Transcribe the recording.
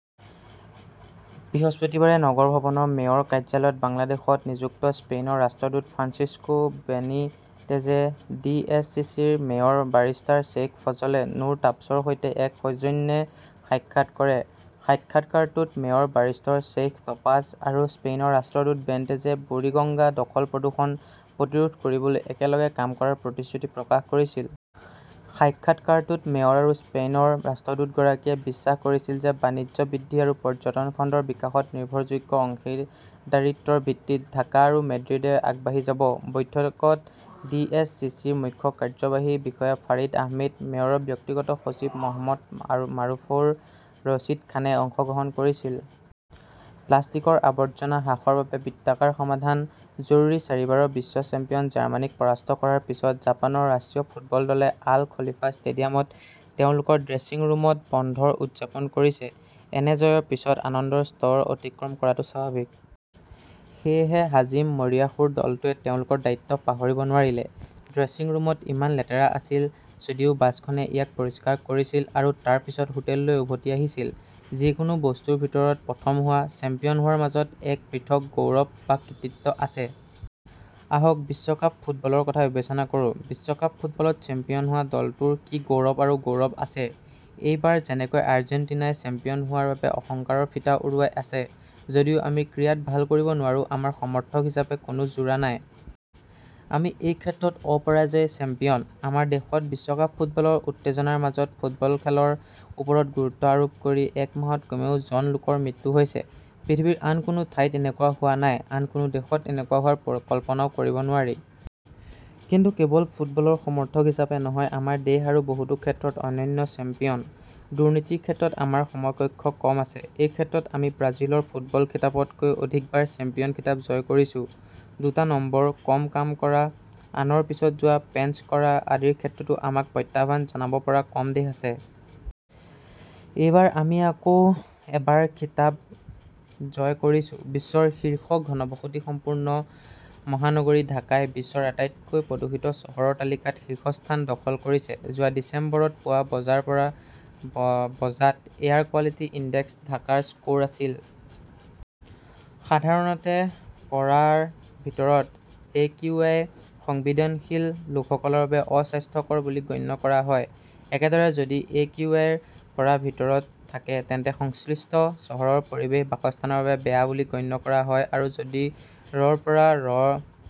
বৃহস্পতিবাৰে নগৰ ভৱনৰ মেয়ৰ কাৰ্যালয়ত বাংলাদেশত নিযুক্ত স্পেইনৰ ৰাষ্ট্ৰদূত ফ্ৰান্সিস্কো বেনিটেজে ডিএছচিচিৰ মেয়ৰ বাৰিষ্টাৰ শ্বেইখ ফজলে নুৰ তাপছৰ সৈতে এক সৌজন্যে সাক্ষাৎ কৰে। সাক্ষাৎকাৰটোত মেয়ৰ বাৰিষ্টৰ শ্বেইখ টপাছ আৰু স্পেইনৰ ৰাষ্ট্ৰদূত বেনেটেজে বুৰিগঙ্গা দখল-প্ৰদূষণ প্ৰতিৰোধ কৰিবলৈ একেলগে কাম কৰাৰ প্ৰতিশ্ৰুতি প্ৰকাশ কৰিছিল। সাক্ষাৎকাৰটোত মেয়ৰ আৰু স্পেইনৰ ৰাষ্ট্ৰদূতগৰাকীয়ে বিশ্বাস কৰিছিল যে বাণিজ্য বৃদ্ধি আৰু পৰ্যটন খণ্ডৰ বিকাশত নিৰ্ভৰযোগ্য অংশীদাৰিত্বৰ ভিত্তিত ঢাকা আৰু মেড্ৰিডে আগবাঢ়ি যাব। বৈঠকত ডিএছচিচিৰ মুখ্য কাৰ্যবাহী বিষয়া ফাৰিদ আহমেদ, মেয়ৰৰ ব্যক্তিগত সচিব মহম্মদ মাৰুফুৰ ৰছিদ খানে অংশগ্ৰহণ কৰিছিল। প্লাষ্টিকৰ আৱৰ্জনা হ্ৰাসৰ বাবে 'বৃত্তাকাৰ সমাধান "জৰুৰী চাৰিবাৰৰ বিশ্ব চেম্পিয়ন জাৰ্মানীক পৰাস্ত কৰাৰ পিছত জাপানৰ ৰাষ্ট্ৰীয় ফুটবল দলে আল খলিফা ষ্টেডিয়ামত তেওঁলোকৰ ড্ৰেছিং ৰুমত বন্ধৰ উদযাপন কৰিছে। এনে জয়ৰ পিছত আনন্দৰ স্তৰ অতিক্ৰম কৰাটো স্বাভাৱিক। সেয়েহে, হাজিম মৰিয়াসুৰ দলটোৱে তেওঁলোকৰ দায়িত্ব পাহৰিব নোৱাৰিলে। ড্ৰেছিং ৰুমত ইমান লেতেৰা আছিল যদিও বাছখনে ইয়াক পৰিষ্কাৰ কৰিছিল আৰু তাৰ পিছত হোটেললৈ উভতি আহিছিল। যিকোনো বস্তুৰ ভিতৰত প্ৰথম হোৱা, চেম্পিয়ন হোৱাৰ মাজত এক পৃথক গৌৰৱ বা কৃতিত্ব আছে। আহক বিশ্বকাপ ফুটবলৰ কথা বিবেচনা কৰো। বিশ্বকাপ ফুটবলত চেম্পিয়ন হোৱা দলটোৰ কি গৌৰৱ আৰু গৌৰৱ আছে! এইবাৰ যেনেকৈ আৰ্জেণ্টিনাই চেম্পিয়ন হোৱাৰ বাবে অহংকাৰৰ ফিতা উৰুৱাই আছে। যদিও আমি ক্ৰীড়াত ভাল কৰিব নোৱাৰো, আমাৰ সমৰ্থক হিচাপে কোনো যোৰা নাই। আমি এই ক্ষেত্ৰত অপৰাজেয় চেম্পিয়ন। আমাৰ দেশত বিশ্বকাপ ফুটবলৰ উত্তেজনাৰ মাজত, ফুটবলৰ খেলৰ ওপৰত গুৰুত্ব আৰোপ কৰি এক মাহত কমেও জন লোকৰ মৃত্যু হৈছে। পৃথিৱীৰ আন কোনো ঠাইত এনেকুৱা হোৱা নাই, আন কোনো দেশত এনেকুৱা হোৱাৰ কল্পনাও কৰিব নোৱাৰি। কিন্তু কেৱল ফুটবলৰ সমৰ্থক হিচাপে নহয়, আমাৰ দেশ আৰু বহুতো ক্ষেত্ৰত অনন্য, চেম্পিয়ন। দুৰ্নীতিৰ ক্ষেত্ৰত আমাৰ সমকক্ষ কম আছে। এই ক্ষেত্ৰত আমি ব্ৰাজিলৰ ফুটবল খিতাপতকৈ অধিকবাৰ চেম্পিয়ন খিতাপ জয় কৰিছো। দুটা নম্বৰ, কম কাম কৰা, আনৰ পিছত যোৱা, পেঞ্চ কৰা আদিৰ ক্ষেত্ৰতো আমাক প্ৰত্যাহ্বান জনাব পৰা কম দেশ আছে। এইবাৰ আমি আকৌ এবাৰ খিতাপ জয় কৰিছো। বিশ্বৰ শীৰ্ষ ঘনবসতিপূৰ্ণ মহানগৰী ঢাকাই বিশ্বৰ আটাইতকৈ প্ৰদূষিত চহৰৰ তালিকাত শীৰ্ষস্থান দখল কৰিছে। যোৱা ডিচেম্বৰত পুৱা বজাৰ পৰা বজাত এয়াৰ কোৱালিটি ইনডেক্স ঢাকাৰ স্ক "ৰ আছিল। সাধাৰণতে ৰ পৰা ৰ ভিতৰত একিউআই সংবেদনশীল লোকসকলৰ বাবে অস্বাস্থ্যকৰ বুলি গণ্য কৰা হয়। একেদৰে, যদি একিউআই ৰ পৰা ৰ ভিতৰত থাকে তেন্তে সংশ্লিষ্ট চহৰৰ পৰিৱেশ বাসস্থানৰ বাবে বেয়া বুলি গণ্য কৰা হয় আৰু যদি ৰ পৰা ৰ